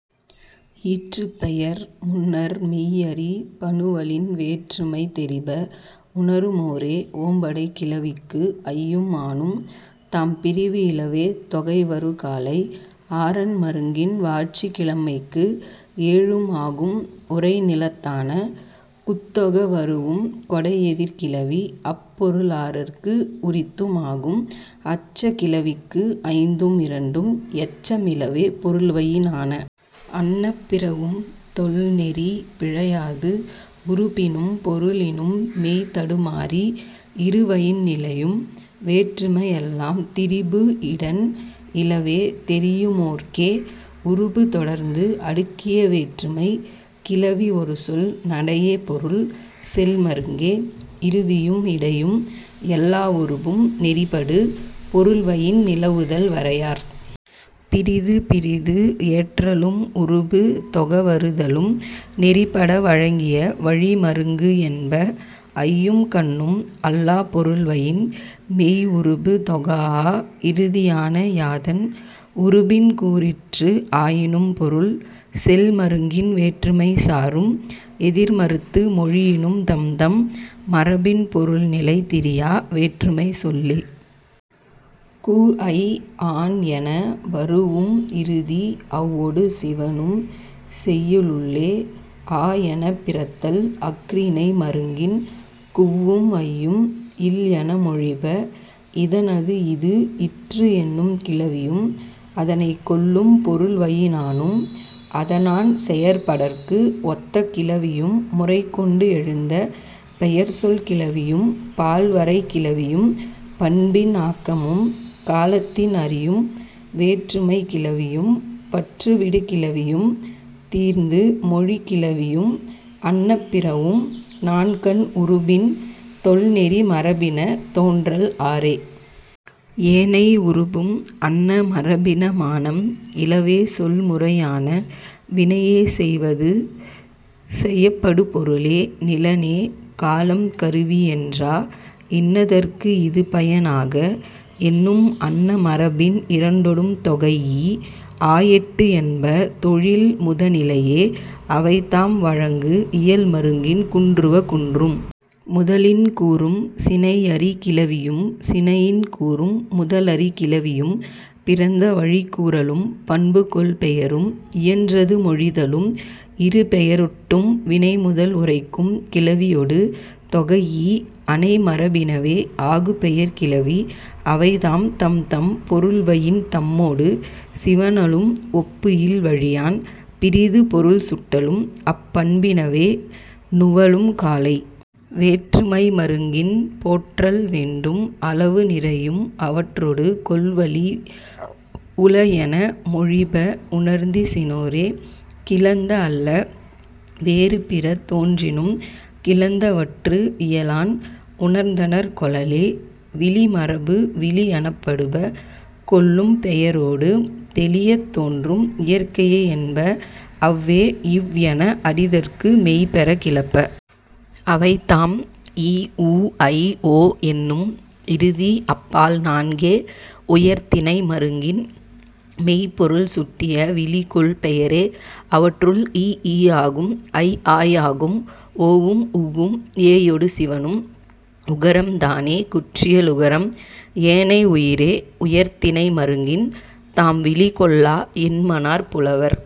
ஈற்றுப் பெயர் முன்னர் மெய் அறி பனுவலின் வேற்றுமை தெரிப உணருமோரே. ஓம்படைக் கிளவிக்கு ஐயும் ஆனும் தாம் பிரிவு இலவே தொகை வரு காலை. ஆறன் மருங்கின் வாழ்ச்சிக் கிழமைக்கு ஏழும் ஆகும் உறை நிலத்தான. குத் தொக வரூஉம் கொடை எதிர் கிளவி அப் பொருள் ஆறற்கு உரித்தும் ஆகும், அச்சக் கிளவிக்கு ஐந்தும் இரண்டும் எச்சம் இலவே பொருள்வயினான. அன்ன பிறவும் தொல் நெறி பிழையாது உருபினும் பொருளினும் மெய் தடுமாறி இரு வயின் நிலையும் வேற்றுமை எல்லாம் திரிபு இடன் இலவே தெரியுமோர்க்கே. உருபு தொடர்ந்து அடுக்கிய வேற்றுமைக் கிளவி ஒரு சொல் நடைய பொருள் செல் மருங்கே. இறுதியும் இடையும் எல்லா உருபும் நெறி படு பொருள்வயின் நிலவுதல் வரையார். பிறிது பிறிது ஏற்றலும் உருபு தொக வருதலும் நெறிபட வழங்கிய வழி மருங்கு என்ப. ஐயும் கண்ணும் அல்லாப் பொருள்வயின் மெய் உருபு தொகாஅ இறுதியான. யாதன் உருபின் கூறிற்று ஆயினும் பொருள் செல் மருங்கின் வேற்றுமை சாரும். எதிர் மறுத்து மொழியினும் தம்தம் மரபின் பொருள் நிலை திரியா வேற்றுமைச் சொல்லே. கு ஐ ஆன் என வரூஉம் இறுதி அவ்வொடு சிவணும் செய்யுளுள்ளே. அ எனப் பிறத்தல் அஃறிணை மருங்கின் குவ்வும் ஐயும் இல் என மொழிப. இதனது இது இற்று என்னும் கிளவியும் அதனைக் கொள்ளும் பொருள்வயினானும் அதனான் செயற்படற்கு ஒத்த கிளவியும் முறை கொண்டு எழுந்த பெயர்ச்சொல் கிளவியும் பால் வரை கிளவியும் பண்பின் ஆக்கமும் காலத்தின் அறியும் வேற்றுமைக் கிளவியும் பற்று விடு கிளவியும் தீர்ந்து மொழிக் கிளவியும் அன்ன பிறவும் நான்கன் உருபின் தொல் நெறி மரபின தோன்றல் ஆறே. ஏனை உருபும் அன்ன மரபின மானம் இலவே சொல் முறையான. வினையே செய்வது செயப்படுபொருளே நிலனே காலம் கருவி என்றா இன்னதற்கு இது பயன் ஆக என்னும் அன்ன மரபின் இரண்டொடும் தொகைஇ ஆயெட்டு என்ப தொழில் முதனிலையே. அவைதாம், வழங்கு இயல் மருங்கின் குன்றுவ குன்றும். முதலின் கூறும் சினை அறி கிளவியும் சினையின் கூறும் முதல் அறி கிளவியும் பிறந்தவழிக் கூறலும் பண்பு கொள் பெயரும் இயன்றது மொழிதலும் இருபெயரொட்டும் வினைமுதல் உரைக்கும் கிளவியொடு தொகைஇ அனை மரபினவே ஆகுபெயர்க் கிளவி. அவைதாம், தம்தம் பொருள்வயின் தம்மொடு சிவணலும் ஒப்பு இல் வழியான் பிறிது பொருள் சுட்டலும் அப் பண்பினவே நுவலும் காலை. வேற்றுமை மருங்கின் போற்றல் வேண்டும். அளவு நிறையும் அவற்றொடு கொள்வழி உள என மொழிப உணர்ந்திசினோரே. கிளந்த அல்ல வேறு பிற தோன்றினும் கிளந்தவற்று இயலான் உணர்ந்தனர் கொளலே.. விளிமரபு விளி எனப்படுப கொள்ளும் பெயரொடு தெளியத் தோன்றும் இயற்கைய என்ப. அவ்வே, இவ் என அறிதற்கு மெய் பெறக் கிளப்ப. அவைதாம், இ உ ஐ ஓ என்னும் இறுதி அப் பால் நான்கே உயர்திணை மருங்கின் மெய்ப் பொருள் சுட்டிய விளி கொள் பெயரே. அவற்றுள், இ ஈ ஆகும் ஐ ஆய் ஆகும். ஓவும் உவ்வும் ஏயொடு சிவணும். உகரம்தானே குற்றியலுகரம். ஏனை உயிரே உயர்திணை மருங்கின் தாம் விளி கொள்ளா என்மனார் புலவர்.